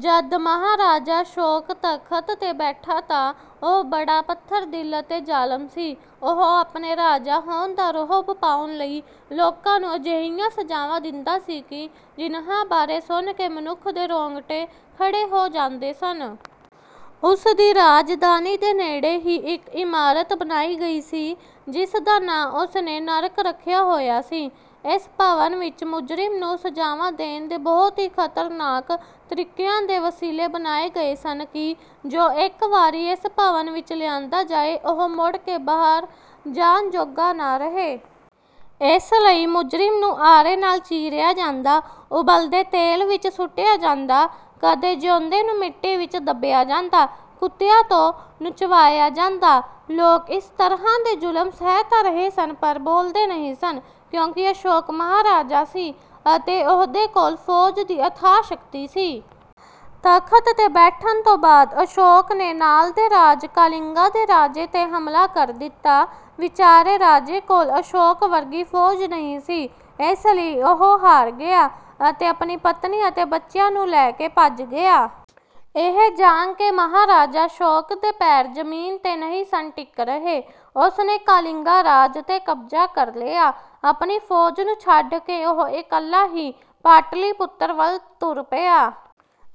ਜਦ ਮਹਾਰਾਜਾ ਅਸ਼ੋਕ ਤਖ਼ਤ 'ਤੇ ਬੈਠਾ ਤਾਂ ਉਹ ਬੜਾ ਪੱਥਰ-ਦਿਲ ਅਤੇ ਜ਼ਾਲਮ ਸੀ। ਉਹ ਆਪਣੇ ਰਾਜਾ ਹੋਣ ਦਾ ਰੋਹਬ ਪਾਉਣ ਲਈ ਲੋਕਾਂ ਨੂੰ ਅਜਿਹੀਆਂ ਸਜ਼ਾਵਾਂ ਦਿੰਦਾ ਸੀ ਕਿ ਜਿਨ੍ਹਾਂ ਬਾਰੇ ਸੁਣ ਕੇ ਮਨੁੱਖ ਦੇ ਰੌਂਗਟੇ ਖੜ੍ਹੇ ਹੋ ਜਾਂਦੇ ਸਨ। ਉਸ ਦੀ ਰਾਜਧਾਨੀ ਦੇ ਨੇੜੇ ਹੀ ਇੱਕ ਇਮਾਰਤ ਬਣਾਈ ਗਈ ਸੀ ਜਿਸ ਦਾ ਨਾਂ ਉਸ ਨੇ 'ਨਰਕ' ਰੱਖਿਆ ਹੋਇਆ ਸੀ। ਇਸ ਭਵਨ ਵਿੱਚ ਮੁਜਰਿਮ ਨੂੰ ਸਜ਼ਾਵਾਂ ਦੇਣ ਦੇ ਬਹੁਤ ਹੀ ਖ਼ਤਰਨਾਕ ਤਰੀਕਿਆਂ ਦੇ ਵਸੀਲੇ ਬਣਾਏ ਗਏ ਸਨ ਕਿ ਜੋ ਇੱਕ ਵਾਰੀ ਇਸ ਭਵਨ ਵਿੱਚ ਲਿਆਂਦਾ ਜਾਏ ਉਹ ਮੁੜ ਕੇ ਬਾਹਰ ਜਾਣ ਜੋਗਾ ਨਾ ਰਹੇ। ਇਸ ਲਈ ਮੁਜਰਿਮ ਨੂੰ ਆਰੇ ਨਾਲ਼ ਚੀਰਿਆ ਜਾਂਦਾ, ਉਬਲਦੇ ਤੇਲ ਵਿੱਚ ਸੁੱਟਿਆ ਜਾਂਦਾ, ਕਦੇ ਜਿਉਂਦੇ ਨੂੰ ਮਿੱਟੀ ਵਿੱਚ ਦੱਬਿਆ ਜਾਂਦਾ, ਕੁੱਤਿਆਂ ਤੋਂ ਨੁਚਵਾਇਆ ਜਾਂਦਾ। ਲੋਕ ਇਸ ਤਰ੍ਹਾਂ ਦੇ ਜ਼ੁਲਮ ਸਹਿ ਤਾਂ ਰਹੇ ਸਨ ਪਰ ਬੋਲਦੇ ਨਹੀਂ ਸਨ ਕਿਉਂਕਿ ਅਸ਼ੋਕ ਮਹਾਰਾਜਾ ਸੀ ਅਤੇ ਉਹਦੇ ਕੋਲ ਫ਼ੌਜ ਦੀ ਅਥਾਹ ਸ਼ਕਤੀ ਸੀ। ਤਖ਼ਤ 'ਤੇ ਬੈਠਣ ਤੋਂ ਬਾਅਦ ਅਸ਼ੋਕ ਨੇ ਨਾਲ਼ ਦੇ ਰਾਜ ਕਾਲਿੰਗਾ ਦੇ ਰਾਜੇ 'ਤੇ ਹਮਲਾ ਕਰ ਦਿੱਤਾ। ਵਿਚਾਰੇ ਰਾਜੇ ਕੋਲ ਅਸ਼ੋਕ ਵਰਗੀ ਫ਼ੌਜ ਨਹੀਂ ਸੀ, ਇਸ ਲਈ ਉਹ ਹਾਰ ਗਿਆ ਅਤੇ ਆਪਣੀ ਪਤਨੀ ਅਤੇ ਬੱਚਿਆਂ ਨੂੰ ਲੈ ਕੇ ਭੱਜ ਗਿਆ। ਇਹ ਜਾਣ ਕੇ ਮਹਾਰਾਜਾ ਅਸ਼ੋਕ ਦੇ ਪੈਰ ਜ਼ਮੀਨ 'ਤੇ ਨਹੀਂ ਸਨ ਟਿਕ ਰਹੇ। ਉਸ ਨੇ ਕਾਲਿੰਗਾ ਰਾਜ 'ਤੇ ਕਬਜ਼ਾ ਕਰ ਲਿਆ। ਆਪਣੀ ਫ਼ੌਜ ਨੂੰ ਛੱਡ ਕੇ ਉਹ ਇਕੱਲਾ ਹੀ ਪਾਟਲੀਪੁੱਤਰ ਵੱਲ ਤੁਰ ਪਿਆ।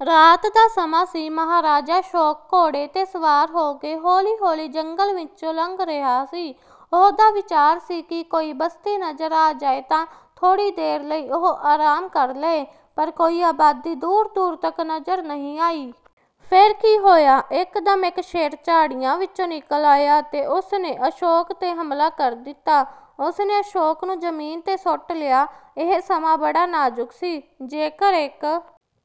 ਰਾਤ ਦਾ ਸਮਾਂ ਸੀ, ਮਹਾਰਾਜਾ ਅਸ਼ੋਕ ਘੋੜੇ 'ਤੇ ਸਵਾਰ ਹੋ ਕੇ ਹੌਲੀ-ਹੌਲੀ ਜੰਗਲ ਵਿੱਚੋਂ ਲੰਘ ਰਿਹਾ ਸੀ। ਉਹਦਾ ਵਿਚਾਰ ਸੀ ਕਿ ਕੋਈ ਬਸਤੀ ਨਜ਼ਰ ਆ ਜਾਏ ਤਾਂ ਥੋੜ੍ਹੀ ਦੇਰ ਲਈ ਉਹ ਆਰਾਮ ਕਰ ਲਏ ਪਰ ਕੋਈ ਆਬਾਦੀ ਦੂਰ-ਦੂਰ ਤੱਕ ਨਜ਼ਰ ਨਹੀਂ ਆਈ। ਫਿਰ ਕੀ ਹੋਇਆ, ਇੱਕਦਮ ਇੱਕ ਸ਼ੇਰ ਝਾੜੀਆਂ ਵਿੱਚੋਂ ਨਿਕਲ ਆਇਆ ਅਤੇ ਉਸ ਨੇ ਅਸ਼ੋਕ 'ਤੇ ਹਮਲਾ ਕਰ ਦਿੱਤਾ। ਉਸ ਨੇ ਅਸ਼ੋਕ ਨੂੰ ਜ਼ਮੀਨ 'ਤੇ ਸੁੱਟ ਲਿਆ। ਇਹ ਸਮਾਂ ਬੜਾ ਨਾਜ਼ੁਕ ਸੀ। ਜੇਕਰ ਇੱਕ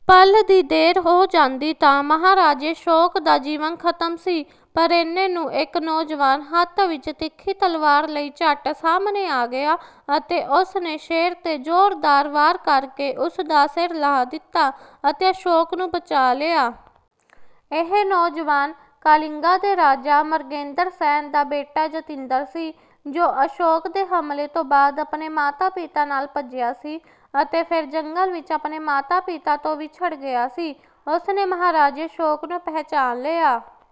ਪਲ ਦੀ ਦੇਰ ਹੋ ਜਾਂਦੀ ਤਾਂ ਮਹਾਰਾਜੇ ਅਸ਼ੋਕ ਦਾ ਜੀਵਨ ਖ਼ਤਮ ਸੀ ਪਰ ਏਨੇ ਨੂੰ ਇੱਕ ਨੌਜਵਾਨ ਹੱਥ ਵਿੱਚ ਤਿੱਖੀ ਤਲਵਾਰ ਲਈ ਝੱਟ ਸਾਹਮਣੇ ਆ ਗਿਆ ਅਤੇ ਉਸ ਨੇ ਸ਼ੇਰ 'ਤੇ ਜ਼ੋਰਦਾਰ ਵਾਰ ਕਰ ਕੇ ਉਸ ਦਾ ਸਿਰ ਲਾਹ ਦਿੱਤਾ ਅਤੇ ਅਸ਼ੋਕ ਨੂੰ ਬਚਾ ਲਿਆ। ਇਹ ਨੌਜਵਾਨ ਕਾਲਿੰਗਾ ਦੇ ਰਾਜਾ ਮਰਗੇਂਦਰ ਸੈਨ ਦਾ ਬੇਟਾ ਜਤਿੰਦਰ ਸੀ ਜੋ ਅਸ਼ੋਕ ਦੇ ਹਮਲੇ ਤੋਂ ਬਾਅਦ ਆਪਣੇ ਮਾਤਾ-ਪਿਤਾ ਨਾਲ਼ ਭੱਜਿਆ ਸੀ ਅਤੇ ਫਿਰ ਜੰਗਲ ਵਿੱਚ ਆਪਣੇ ਮਾਤਾ-ਪਿਤਾ ਤੋਂ ਵਿਛੜ ਗਿਆ ਸੀ। ਉਸ ਨੇ ਮਹਾਰਾਜੇ ਅਸ਼ੋਕ ਨੂੰ ਪਹਿਚਾਣ ਲਿਆ।